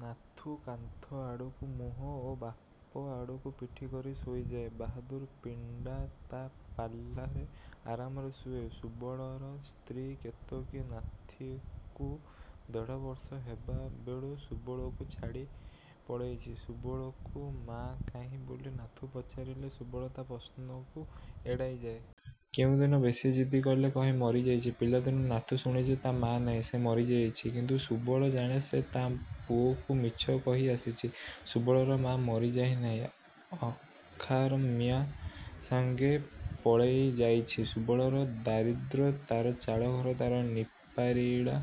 ନାଥୁ କାନ୍ଥ ଆଡ଼କୁ ମୁହଁ ଓ ବାପ ଆଡ଼କୁ ପିଠି କରି ଶୋଇଯାଏ। ବାହାଦୁର ପିଣ୍ଡା ତା ପାଲାରେ ଆରାମରେ ଶୁଏ। ସୁବଳର ସ୍ତ୍ରୀ କେତକୀ ନାଥୁକୁ ଦେଢ଼ବର୍ଷ ହେବାବେଳୁ ସୁବଳକୁ ଛାଡ଼ି ପଳେଇଛି। ସୁବଳକୁ 'ମା କାହିଁ' ବୋଲି ନାଥୁ ପଚାରିଲେ ସୁବଳ ତା ପ୍ରଶ୍ନକୁ ଏଡ଼ାଇଯାଏ। କେଉଁଦିନ ବେଶି ଜିଦ୍ କଲେ କହେ 'ମରିଯାଇଛି'। ପିଲାଦିନୁ ନାଥୁ ଶୁଣିଛି, ତା ମା ନାହିଁ। ସେ ମରିଯାଇଛି। କିନ୍ତୁ ସୁବଳ ଜାଣେ, ସେ ତା ପୁଅକୁ ମିଛ କହି ଆସିଛି। ସୁବଳର ମା ମରିଯାଇନାହିଁ, ଅଖାର ମିଆଁ ସାଙ୍ଗେ ପଳେଇଯାଇଛି। ସୁବଳର ଦାରିଦ୍ର୍ୟ, ତାର ଚାଳଘର, ତାର ନିପାରିଳା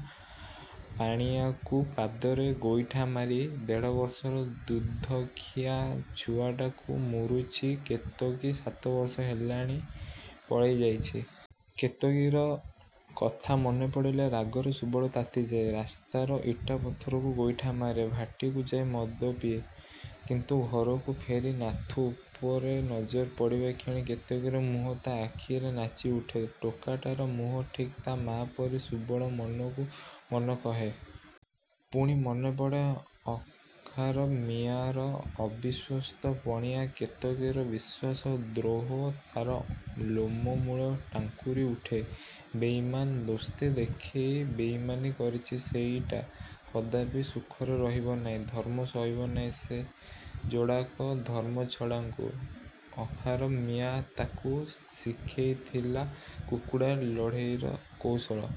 ପଣିଆକୁ ପାଦରେ ଗୋଇଠା ମାରି, ଦେଢ଼ବର୍ଷର ଦୁଧଖିଆ ଛୁଆଟାକୁ ମୂରୁଛି କେତକୀ ସାତବର୍ଷ ହେଲାଣି ପଳେଇଯାଇଛି। କେତକୀର କଥା ମନେପଡ଼ିଲେ ରାଗରେ ସୁବଳ ତାତିଯାଏ। ରାସ୍ତାର ଇଟାପଥରକୁ ଗୋଇଠା ମାରେ। ଭାଟିକୁ ଯାଇ ମଦ ପିଏ। କିନ୍ତୁ ଘରକୁ ଫେରି ନାଥୁ ଉପରେ ନଜର ପଡ଼ିବା କ୍ଷଣି କେତକୀର ମୁହଁ ତା ଆଖିରେ ନାଚି ଉଠେ। ଟୋକାଟାର ମୁହଁ ଠିକ୍ ତା ମା ପରି, ସୁବଳ ମନକୁ ମନ କହେ। ପୁଣି ମନେପଡ଼େ ଅଖାର ମିଆଁର ଅବିଶ୍ୱସ୍ତ ପଣିଆ, କେତକୀର ବିଶ୍ୱାସଦ୍ରୋହ। ତାର ଲୋମମୂଳ ଟାଙ୍କୁରି ଉଠେ। ବେଇମାନ! ଦୋସ୍ତି ଦେଖେଇ ବେଇମାନି କରିଛି ସେଇଟା, କଦାପି ସୁଖରେ ରହିବ ନାହିଁ। ଧର୍ମ ସହିବ ନାହିଁ ସେ ଯୋଡ଼ାକ ଧର୍ମଛଡ଼ାଙ୍କୁ। ଆଖ୍ତାର ମିଆଁ ତାକୁ ଶିଖେଇଥିଲା କୁକୁଡ଼ା ଲଢ଼େଇର କୌଶଳ।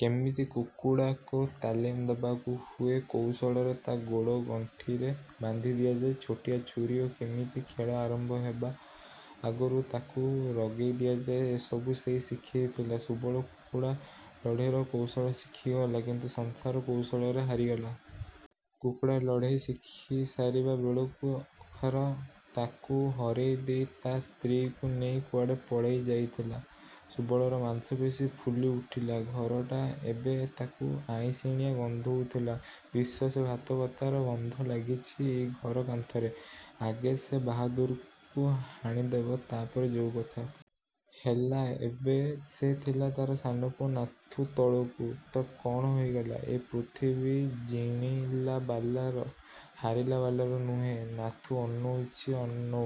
କେମିତି କୁକୁଡ଼ାକୁ ତାଲିମ ଦବାକୁ ହୁଏ, କଉଶଳରେ ତା ଗୋଡ଼ ଗଣ୍ଠିରେ ବାନ୍ଧି ଦିଆଯାଏ ଛୋଟିଆ ଛୁରୀ ଓ କେମିତି ଖେଳ ଆରମ୍ଭ ହେବା ଆଗରୁ ତାକୁ ରଗେଇ ଦିଆଯାଏ, ଏସବୁ ସେଇ ଶିଖେଇଥିଲା। ସୁବଳ କୁକୁଡ଼ା ଲଢ଼େଇର କୌଶଳ ଶିଖିଗଲା, କିନ୍ତୁ ସଂସାର କୌଶଳରେ ହାରିଗଲା। କୁକୁଡ଼ା ଲଢ଼େଇ ଶିଖିସାରିବା ବେଳକୁ ଅଖାର୍ ତାକୁ ହରେଇ ଦେଇ ତା ସ୍ତ୍ରୀକୁ ନେଇ କୁଆଡ଼େ ପଳେଇ ଯାଇଥିଲା। ସୁବଳର ମାଂସପେଶୀ ଫୁଲି ଉଠିଲା। ଘରଟା ଏବେ ତାକୁ ଆଇଁଷିଣିଆ ଗନ୍ଧଉଥିଲା। ବିଶ୍ୱାସଘାତକତାର ଗନ୍ଧ ଲାଗିଛି ଏଇ ଘର କାନ୍ଥରେ। ଆଗେ ସେ ବାହାଦୁରକୁ ହାଣିଦେବ, ତାପରେ ଯୋଉ କଥା। ହେଲା ଏବେ, ସେ ଥିଲା ତାର ସାନପୁଅ, ନାଥୁ ତଳକୁ। ତ କଣ ହୋଇଗଲା? ଏ ପୃଥିବୀ ଜିଣିଲାବାଲାର। ହାରିଲାବାଲାର ନୁହେଁ। ନାଥୁ ଅନଉଛି, ଅନଉ।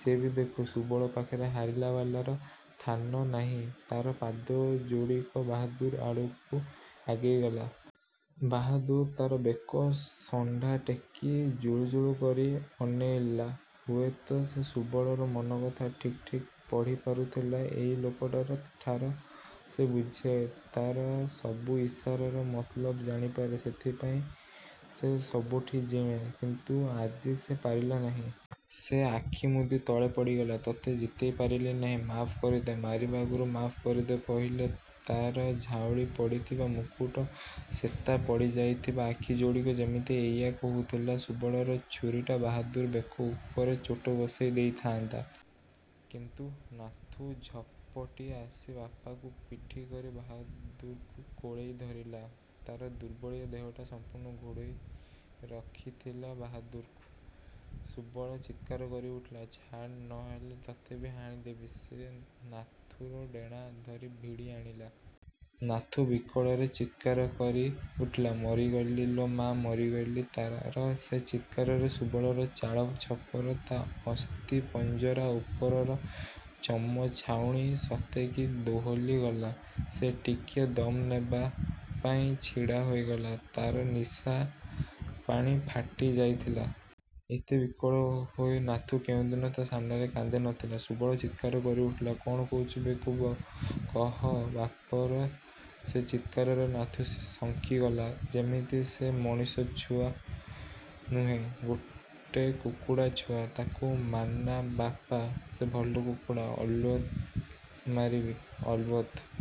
ସେ ବି ଦେଖୁ। ସୁବଳ ପାଖରେ ହାରିବାବାଲାର ଥାନ ନାହିଁ। ତାର ପାଦ ଯୋଡ଼ିକ ବାହାଦୁର୍ ଆଡ଼କୁ ଆଗେଇଗଲା। ବାହାଦୁର୍ ତାର ବେକ ଶଣ୍ଢା ଟେକି ଜୁଳୁଜୁଳୁ କରି ଅନେଇଲା। ହୁଏତ ସେ ସୁବଳର ମନକଥା ଠିକ୍ ଠିକ୍ ପଢ଼ି ପାରୁଥିଲା। ଏଇ ଲୋକଟାର ଠାର ସେ ବୁଝେ। ତାର ସବୁ ଇସାରାର ମତଲବ ଜାଣିପାରେ। ସେଇଥିପାଇଁ ସେ ସବୁଠି ଜିଣେ। କିନ୍ତୁ ଆଜି ସେ ପାରିଲା ନାହିଁ। ସେ ଆଖିମୁଦି ତଳେ ପଡ଼ିଗଲା, ତୋତେ ଜିତେଇ ପାରିଲି ନାହିଁ, ମାଫ୍ କରିଦେ। ମାରିବା ଆଗରୁ ମାଫ୍ କରିଦେ ପହିଲେ, ତାର ଝାଉଁଳି ପଡ଼ିଥିବା ମୁକୁଟ, ଶେତା ପଡ଼ିଯାଇଥିବା ଆଖିଯୋଡ଼ିକ ଯେମିତି ଏଇଆ କହୁଥିଲା। ସୁବଳର ଛୁରୀଟା ବାହାଦୁର୍ ବେକ ଉପରେ ଚୋଟ ବସେଇ ଦେଇଥାଆନ୍ତା। କିନ୍ତୁ ନାଥୁ ଝପଟି ଆସି ବାପାକୁ ପିଠି କରି ବାହାଦୁର୍କୁ କୋଳେଇ ଧରିଲା। ତାର ଦୁର୍ବଳିଆ ଦେହଟା ସଂପୂର୍ଣ୍ଣ ଘୋଡ଼େଇ ରଖିଥିଲା ବାହାଦୁର୍କୁ। ସୁବଳ ଚିତ୍କାର କରି ଉଠିଲା, "ଛାଡ୍, ନ ହେଲେ ତୋତେ ବି ହାଣିଦେବି।" ସେ ନାଥୁର ଡେଣା ଧରି ଭିଡ଼ି ଆଣିଲା। ନାଥୁ ବିକଳରେ ଚିତ୍କାର କରି ଉଠିଲା, "ମରିଗଲି ଲୋ ମା, ମରିଗଲି " ତାର ସେ ଚିତ୍କାରରେ ସୁବଳର ଚାଳଛପର, ତା ଅସ୍ଥିପଞ୍ଜରା ଉପରର ଚମ ଛାଉଣି ସତେ କି ଦୋହଲିଗଲା। ସେ ଟିକିଏ ଦମ୍ ନେବା ପାଇଁ ଛିଡ଼ା ହୋଇଗଲା। ତାର ନିଶା ପାଣି ଫାଟିଯାଇଥିଲା। ଏତେ ବିକଳ ହୋଇ ନାଥୁ କେଉଁଦିନ ତା ସାମ୍ନାରେ କାନ୍ଦି ନଥିଲା। ସୁବଳ ଚିତ୍କାର କରି ଉଠିଲା, "କଣ କହୁଛୁ ବେକୁବ? କହ!" ବାପର ସେ ଚିତ୍କାରରେ ନାଥୁ ଶଙ୍କିଗଲା। ଯେମିତି ସେ ମଣିଷଛୁଆ ନୁହେଁ, ଗୋଟେ କୁକୁଡ଼ାଛୁଆ। "ତାକୁ ମାର୍ନା ବାପା। ସେ ଭଲ କୁକୁଡ଼ା।" "ଅଲ୍ବତ୍ ମାରିବି। ଅଲବତ୍।"